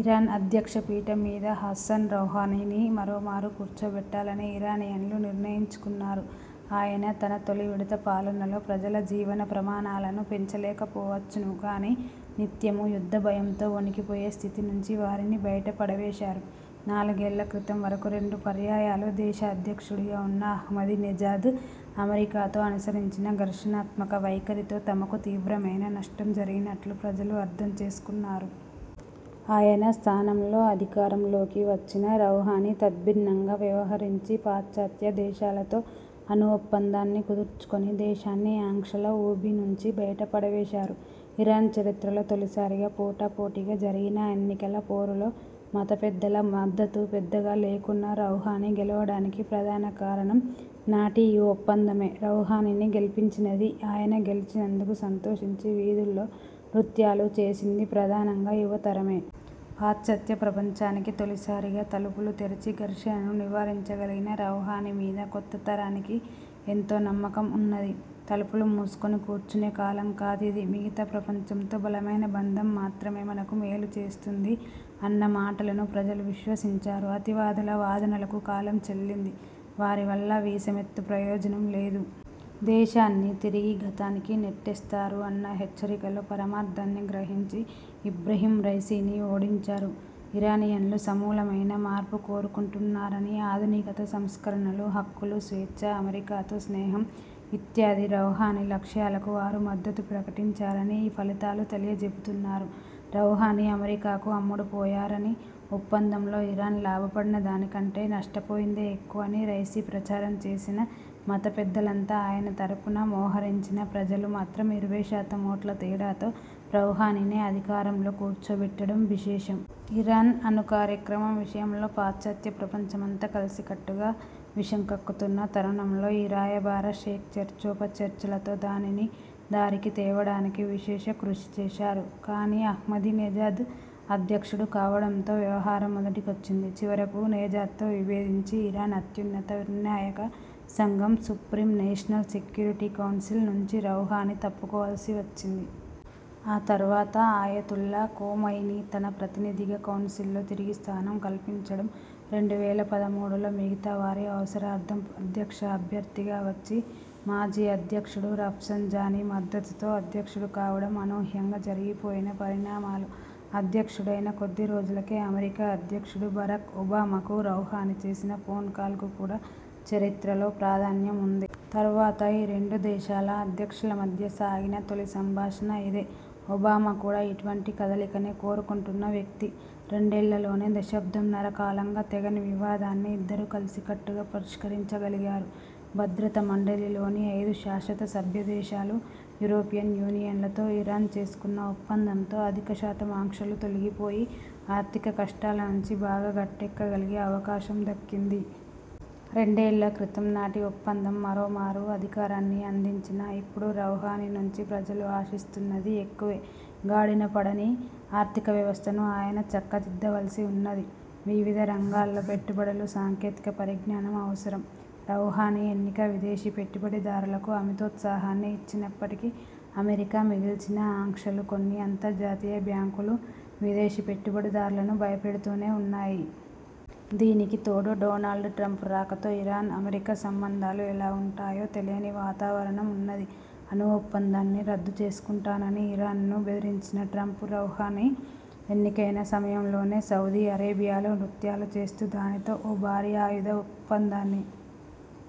Iran అధ్యక్షపీఠం మీద Hassan రౌహానీని మరోమారు కూర్చోబెట్టాలని ఇరానియన్లు నిర్ణయించుకున్నారు. ఆయన తన తొలివిడత పాలనలో ప్రజల జీవన ప్రమాణాలను పెంచలేకపోవచ్చును గానీ, నిత్యమూ యుద్ధభయంతో వొణికిపోయే స్థితి నుంచి వారిని బయటపడవేశారు. నాలుగేళ్ళ క్రితం వరకూ రెండు పర్యాయాలు దేశాధ్యక్షుడిగా ఉన్న అహ్మదినెజాద్ అమెరికాతో అనుసరించిన ఘర్షణాత్మక వైఖరితో తమకు తీవ్రమైన నష్టం జరిగినట్లు ప్రజలు అర్థం చేసుకున్నారు. ఆయన స్థానంలో అధికారంలోకి వచ్చిన రౌహానీ తద్భిన్నంగా వ్యవహరించి, పాశ్చాత్యదేశాలతో అణుఒప్పందాన్ని కుదర్చుకొని దేశాన్ని ఆంక్షల ఊబినుంచి బయటపడవేశారు. ఇరాన్ చరిత్రలో తొలిసారిగా పోటాపోటీగా జరిగిన ఎన్నికల పోరులో, మతపెద్దల మద్దతు పెద్దగా లేకున్నా రౌహానీ గెలవడానికి ప్రధాన కారణం నాటి ఈ ఒప్పందమే. రౌహానీని గెలిపించినదీ, ఆయన గెలిచినందుకు సంతోషించి వీధుల్లో నృత్యాలు చేసిందీ ప్రధానంగా యువతరమే. పాశ్చాత్య ప్రపంచానికి తొలిసారిగా తలుపులు తెరిచి, ఘర్షణను నివారించగలిగిన రౌహానీ మీద కొత్తతరానికి ఎంతో నమ్మకం ఉన్నది. 'తలుపులు మూసుకొని కూర్చొనే కాలం కాదిది, మిగతా ప్రపంచంతో బలమైన బంధం మాత్రమే మనకు మేలుచేస్తుంది' అన్న మాటలను ప్రజలు విశ్వసించారు. 'అతివాదుల వాదనలకు కాలం చెల్లింది, వారి వల్ల వీసమెత్తు ప్రయోజనం లేదు. దేశాన్ని తిరిగి గతానికి నెట్టేస్తారు' అన్న హెచ్చరికలో పరమార్థాన్ని గ్రహించి ఇబ్రహీం రైసీని ఓడించారు. ఇరానియన్లు సమూలమైన మార్పు కోరుకుంటున్నారనీ, ఆధునికత, సంస్కరణలు, హక్కులు, స్వేచ్ఛ, అమెరికాతో స్నేహం ఇత్యాది రౌహానీ లక్ష్యాలకు వారు మద్దతు ప్రకటించారని ఈ ఫలితాలు తెలియచెప్తుతున్నారు. రౌహానీ అమెరికాకు అమ్ముడుపోయారనీ, ఒప్పందంలో ఇరాన్ లాభపడిన దాని కంటే నష్టపోయిందే ఎక్కువని రైసీ ప్రచారం చేసినా, మతపెద్దలంతా ఆయన తరఫున మోహరించినా ప్రజలు మాత్రం ఇరవై శాతం ఓట్ల తేడాతో రౌహానీనే అధికారంలో కూర్చోబెట్టడం విశేషం. ఇరాన్ అణు కార్యక్రమం విషయంలో పాశ్చాత్య ప్రపంచమంతా కలసికట్టుగా విషం కక్కుతున్న తరుణంలో, ఈ 'రాయబార షేక్' చర్చోపచర్చలతో దానిని దారికి తేవడానికి విశేష కృషి చేశారు. కానీ, అహ్మదినెజాద్ అధ్యక్షుడు కావడంతో వ్యవహారం మొదటికొచ్చింది. చివరకు నెజాద్తో విభేదించి ఇరాన్ అత్యున్నత ర్ణాయక సంఘం 'సుప్రీం నేషనల్ సెక్యూరిటీ కౌన్సిల్' నుంచి రౌహానీ తప్పుకోవలసి వచ్చింది. ఆ తరువాత అయతుల్లా ఖొమైనీ తన ప్రతినిధిగా కౌన్సిల్లో తిరిగి స్థానం కల్పించడం, రెండు వేల పదమూడులో మిగతావారి అవసరార్థం అధ్యక్ష అభ్యర్థిగా వచ్చి, మాజీ అధ్యక్షుడు రఫ్సన్ జానీ మద్దతుతో అధ్యక్షుడు కావడం అనూహ్యంగా జరిగిపోయిన పరిణామాలు. అధ్యక్షుడైన కొద్దిరోజులకే అమెరికా అధ్యక్షుడు బరాక్ ఒమాబాకు రౌహానీ చేసిన ఫోన్ కాల్ కు కూడా చరిత్రలో ప్రాధాన్యం ఉంది. తరువాత ఈ రెండు దేశాల అధ్యక్షుల మధ్య సాగిన తొలిసంభాషణ ఇదే. ఒబామా కూడా ఇటువంటి కదలికనే కోరుకుంటున్న వ్యక్తి. రెండేళ్ళలోనే దశాబ్దంన్నర కాలంగా తెగని వివాదాన్ని ఇద్దరూ కలసికట్టుగా పరిష్కరించగలిగారు. భద్రతామండలిలోని ఐదు శాశ్వత సభ్యదేశాలు, యూరోపియన్ యూనియన్లతో ఇరాన్ చేసుకున్న ఒప్పందంతో అధిక శాతం ఆంక్షలు తొలిగిపోయి, ఆర్థిక కష్టాల నుంచి బాగా గట్టెక్కగలిగే అవకాశం దక్కింది. రెండేళ్ళ క్రితం నాటి ఒప్పందం మరోమారు అధికారాన్ని అందించినా, ఇప్పుడు రౌహానీ నుంచి ప్రజలు ఆశిస్తున్నది ఎక్కువే. గాడినపడని ఆర్థిక వ్యవస్థను ఆయన చక్కదిద్దవలసి ఉన్నది. వివిధ రంగాల్లో పెట్టుబడులు, సాంకేతిక పరిజ్ఞానం అవసరం. రౌహానీ ఎన్నిక విదేశీ పెట్టుబడిదారులకు అమితోత్సాహాన్ని ఇచ్చినప్పటికీ, అమెరికా మిగిల్చిన ఆంక్షలు కొన్ని అంతర్జాతీయ బ్యాంకులు, విదేశీ పెట్టుబడిదారులను భయపెడుతూనే ఉన్నాయి. దీనికి తోడు డొనాల్డ్ ట్రంప్ రాకతో, ఇరాన్ అమెరికా సంబంధాలు ఎలా ఉంటాయో తెలియని వాతావరణం ఉన్నది. అణు ఒప్పందాన్ని రద్దుచేసుకుంటానని ఇరాన్ను బెదిరించిన ట్రంప్, రౌహానీ ఎన్నికైన సమయంలోనే సౌదీ అరేబియాలో నృత్యాలు చేస్తూ దానితో ఓ భారీ ఆయుధ ఒప్పందాన్ని